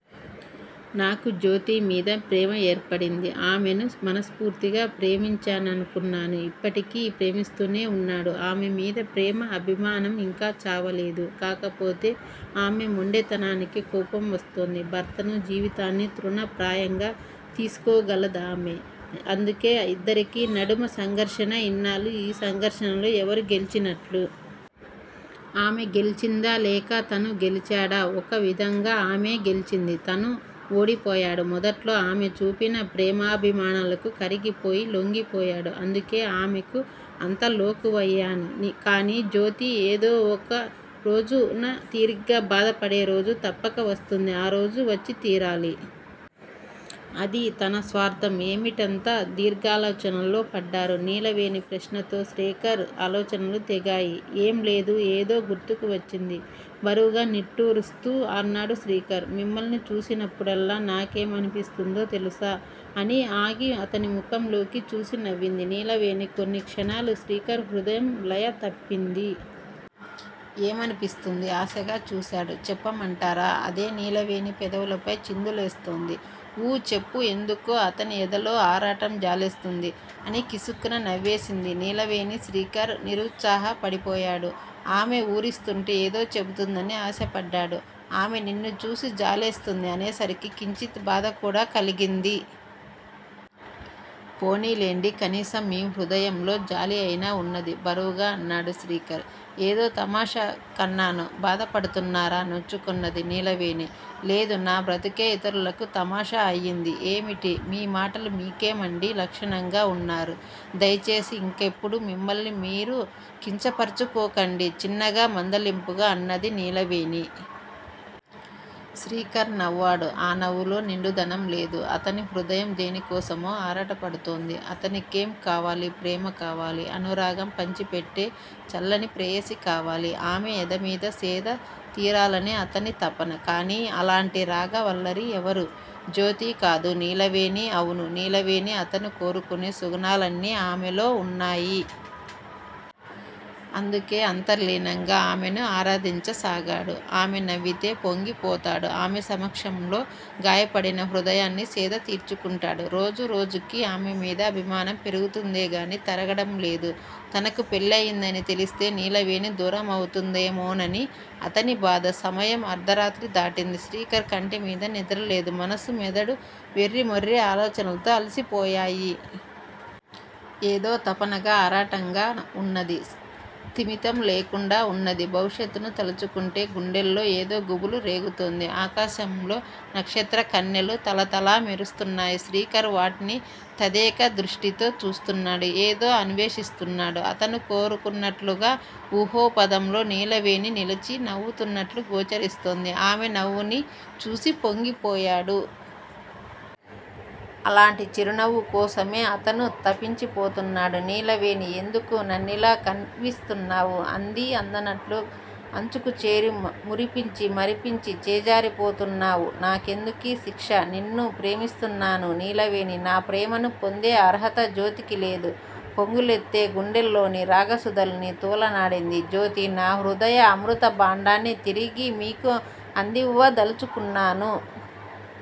నాకు జ్యోతిమీద ప్రేమ ఏర్పడింది. ఆమెను మనస్పూర్తిగా ప్రేమించాననుకున్నాను. ఇప్పటికీ ప్రేమిస్తూనే వున్నాడు. ఆమె మీద ప్రేమ. అభిమానం యింకా చావలేదు. కాకపోతే ఆమె మొండితనానికి కోపం వస్తుంది. భర్తను, జీవితాన్ని తృణప్రాయంగా తీసుకోగలదామె. అందుకే ఇద్దరికీ నడుమ సంఘర్షణ! ఇన్నాళ్ళు ఈ సంఘర్షణలో ఎవరు గెలిచినట్లు? ఆమె గెలిచిందా, లేక తను గెలిచాడా? ఒక విధంగా ఆమే గెలిచింది. తను ఓడిపోయాడు. మొదట్లో ఆమె చూపిన ప్రేమాభిమానాలకు కరిగిపోయి లొంగిపోయాడు. అందుకే ఆమెకు అంత లోకువయ్యాను. కానీ, జ్యోతి ఏదో ఒక రోజున తీరిగ్గా బాధపడేరోజు తప్పక వస్తుంది. ఆ రోజు వచ్చి తీరాలి. అది తన స్వార్ధం? ఏమిటంత దీర్ఘాలోచనలో పడ్డారు? నీలవేణి ప్రశ్నతో శ్రేకర్ ఆలోచనలు తెగాయి. ఏం లేదు ఏదో గుర్తుకు వచ్చింది బరువుగా నిట్టూరుస్తూ అన్నాడు శ్రీకర్. మిమ్మల్ని చూసినప్పుడల్లా నాకేమనిపిస్తుందో తెలుసా? అని ఆగి అతని ముఖంలోకి చూసి నవ్వింది నీలవేణి. కొన్ని క్షణాలు శ్రీకర్ హృదయం లయ తప్పింది. ఏమనిపిస్తుంది? ఆశగా చూసాడు. చెప్పమంటారా? అదే నీలవేణి పెదవులపై చిందులేస్తుంది. ఊ చెప్పు యెందుకో అతని యెదలో ఆరాటం! జాలేస్తుంది__ అని కిసుక్కున నవ్వేసింది నీలవేణి. శ్రీకర్ నితుత్సాహపడిపోయాడు. ఆమె ఊరిస్తుంటే ఏదో చెబుతుందని ఆశపడ్డాడు. ఆమె నిన్ను చూసి జాలేస్తుంది. అనేసరికి కించిత్ బాధకూడా కలిగింది. పోనీలెండి కనీసం మీ హృదయంలో జాలి అయినా వున్నది బరువుగా అన్నాడు శ్రీకర్. ఏదో తమాషాకన్నాను. బాధపడుతున్నారా? నొచ్చుకున్నది నీలవేణి. లేదు. నా బ్రతుకే ఇతరులకు తమాషా అయింది. ఏమిటి మీ మాటలు-మీకేమండి లక్షణంగా వున్నారు. దయచేసి ఇంకెప్పుడూ మిమ్మల్ని మీరు కించపరుచుకోకండి- చిన్నగా మందలింపుగా అన్నది నీలవేణి. శ్రీకర్ నవ్వాడు. ఆ నవ్వులో నిండుదనంలేదు. అతని హృదయం దేనికోసమో ఆరాటపడుతోంది. అతనికేం కావాలి? ప్రేమ కావాలి! అనురాగం పంచిపెట్టే చల్లని ప్రేయసి కావాలి. ఆమె ఎదమీద సేద తీరాలని అతని తపన! కానీ! అలాంటి రాగవల్లరి ఎవరు? జ్యోతి కాదు నీలవేణి! అవును నీలవేణి అతను కోరుకునే సుగుణాలన్నీ ఆమెలో వున్నాయి. అందుకే అంతర్లీనంగా ఆమెను ఆరాధించసాగాడు. ఆమె నవ్వితే పొంగిపోతాడు. ఆమె సమక్షంలో గాయపడిన హృదయాన్ని సేద తీర్చుకుంటాడు. రోజు రోజుకీ ఆమెమీద అభిమానం పెరుగుతుందేగానీ తరగడంలేదు. తనకు పెళ్ళయిందని తెలిస్తే నీలవేణి దూరమవుతుందేమోనని అతని బాధ. సమయం అర్దరాత్రి దాటింది. శ్రీకర్ కంటిమీద నిద్రలేదు. మనస్సు మెదడు వెర్రి మొర్రి ఆలోచనలతో అలసిపోయాయి. ఏదో తపనగా, ఆరాటంగా వున్నది. స్థిమితం లేకుండా వున్నది. భవిష్యత్తును తలచుకుంటే గుండెల్లో ఏదో గుబులు రేగుతుంది. ఆకాశంలో నక్షత్ర కన్యలు తళతళా మెరుస్తున్నాయి. శ్రీకర్ వాటిని తదేక దృష్టితో చూస్తున్నాడు ఏదో అన్వేషిస్తున్నాడు. అతను కోరుకున్నట్లుగా ఊహాపధంలో నీలవేణి నిలిచి నవ్వుతున్నట్లు గోచరిస్తుంది. ఆమె నవ్వుని చూసి పొంగిపోయాడు. అలాంటి చిరునవ్వు కోసమే అతను తపించిపోతున్నాడు. నీలవేణీ! ఎందుకు నన్నిలా కవ్విస్తున్నావు? అందీ అందనట్లు అంచుకుచేరి మురిపించి, మరిపించి చేజారిపోతున్నావ్! నా కెందుకీ శిక్ష? నిన్ను ప్రేమిస్తున్నాను నీలవేణీ! నా ప్రేమను పొందే అర్హత జ్యోతికి లేదు. పొంగులెత్తే గుండెల్లోని రాగసుధల్ని తూలనాడింది జ్యోతి! నా హృదయ అమృత భాండాన్ని తిరిగి మీకు అందివ్వదలచుకున్నాను.